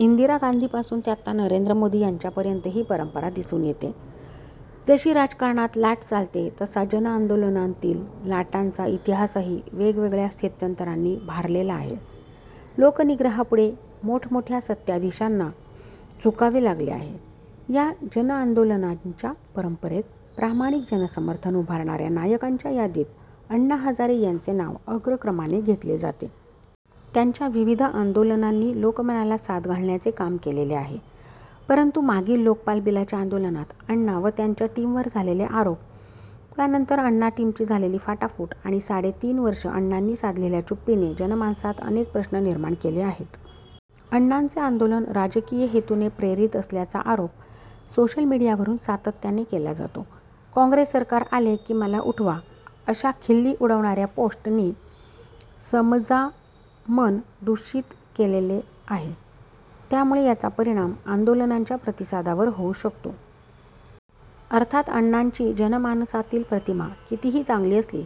इंदिरा गांधींपासून ते आता नरेंद्र मोदी यांच्या पर्यंत ही परंपरा दिसून येते. जशी राजकारणात लाट चालते तसाच जनआंदोलनांतील लाटांचा इतिहासही वेगवेगळ्या स्थित्यंतरांनी भारलेला आहे. लोकनिग्रहापुढे मोठमोठ्या सत्ताधीशांना झुकावे लागले आहे. या जनआंदोलनांच्या परंपरेत प्रामाणिक जनसमर्थन उभारण्याऱ्या नायकांच्या यादीत अण्णा हजारे यांचे नाव अग्रक्रमाने घेतले जाते. त्यांच्या विविध आंदोलनांनी लोकमनाला साद घालण्याचे काम केलेले आहे. परंतु मागील लोकपाल बिलाच्या आंदोलनात अण्णां व त्यांच्या टीमवर झालेले आरोप, त्यानंतर अण्णा टीमची झालेली फाटाफूट, आणि साडे तीनवर्ष अण्णांनी साधलेल्या चुप्पीने जनमानसात अनेक प्रश्न निर्माण केले आहेत. अण्णांचे आंदोलन राजकीय हेतून प्रेरित असल्याचा आरोप सोशल मीडियावरून सातत्याने केला जातो. 'काँग्रेस सरकार आले कि मला उठवा' अशा खिल्ली उडवणाऱ्या पोष्ट नी समजामन दूषित केलेलं आहे. त्यामुळे याचा परिणाम आंदोलनांच्या प्रतिसादावर होऊ शकतो. अर्थात, अण्णांची जनमानसातील प्रतिमा कितीही चांगली असली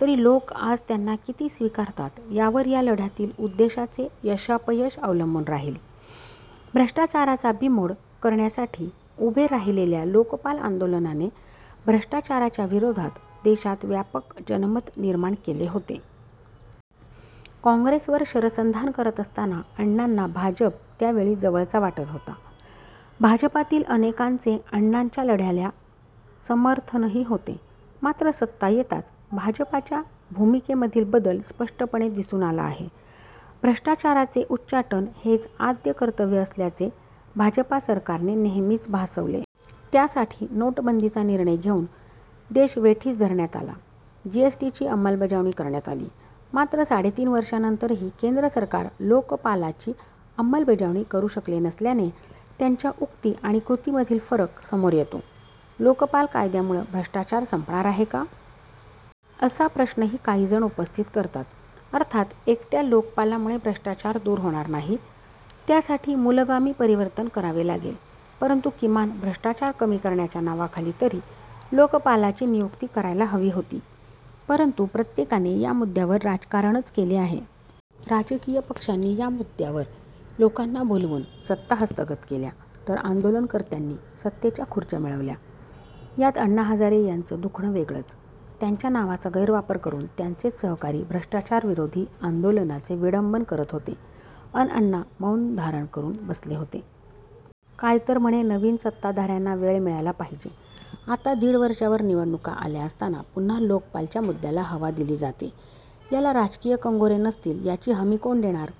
तरी लोक आज त्यांना किती स्वीकारतात यावर या लढ्यातील उद्देशाचे यशापयश अवलंबून राहील. भ्रष्टाचाराचा बीमोड करण्यासाठी उभे राहिलेल्या लोकपाल आंदोलनाने भ्रष्टाचाराच्या विरोधात देशात व्यापक जनमत निर्माण केले होते. काँग्रेस वर शरसंधान करत असताना अण्णांना भाजप त्यावेळी जवळचा वाटत होता. भाजपातील अनेकांचे अण्णांच्या लढ्याला समर्थनही होते. मात्र सत्ता येताच भाजपाच्या भूमिकेमधील बदल स्पष्टपणे दिसून आला आहे. भ्रष्टाचाराचे उच्चाटन हेच आद्य कर्तव्य असल्याचे भाजपा सरकारने नेहेमीच भासविले. त्यासाठी नोटबंदीचा निर्णय घेऊन देश वेठीस धरण्यात आला. जिएसटी ची अंलबजावणी करण्यात आली. मात्र साडेतीन वर्षांनंतरही केंद्र सरकार लोकपालाची अमलबजावणी करू शकले नसल्याने त्यांच्या उक्ती आणि कृतीमधील फरक समोर येतो. लोकपाल कायद्यामुळं भ्रष्टाचार संपणार आहे का? असा प्रश्नही काहीजण उपस्थति करतात. अर्थात एकट्या लोकपालामुळे भ्रष्टाचार दूर होणार नाही, त्यासाठी मूलगामी परिवर्तन करावे लागेल. परंतु किमान भ्रष्टाचार कमी करण्याच्या नावाखाली तरी लोकपालाची नियुक्ती करायला हवी होती. परंतु प्रत्येकाने या मुद्द्यावर राजकारणच केले आहे. राजकीय पक्षांनी या मुद्दावर लोकांना भुलवून सत्ता हस्तगत केल्या, तर आंदोलकर्त्यांनी सत्तेच्या खुर्च्या मिळविल्या. यात अण्णा हजारे यांचं दुखणं वेगळंच.. त्यांच्या नावाचा गैर वापर करून त्यांचेच सहकारी भ्रष्टाचार विरोधी आंदोलनाचे विडंबन करत होते, अन अण्णा मौन धारण करून बसले होते. काय तर म्हणे, नवीन सत्ताधार्यांना वेळ मिळाला पाहिजे. आता दीड वर्षावर निवडणुका आल्या असताना पुन्हा लोकपालच्या मुद्द्याला हवा दिली जातेय. याला राजकीय कंगोरे नसतील, याची हमी कोण देणार?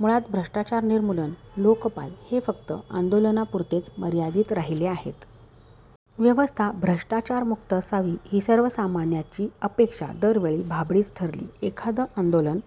मुळात, भ्रष्टाचार निर्मूलन, लोकपाल हे फक्त आंदोलनापुरतेच मर्यादित राहिले आहेत. व्यवस्था भ्रष्टाचार मुक्त असावी ही सर्वसामान्याची अपेक्षा दरवेळी भाबडीचं ठरली. एखाद आंदोलन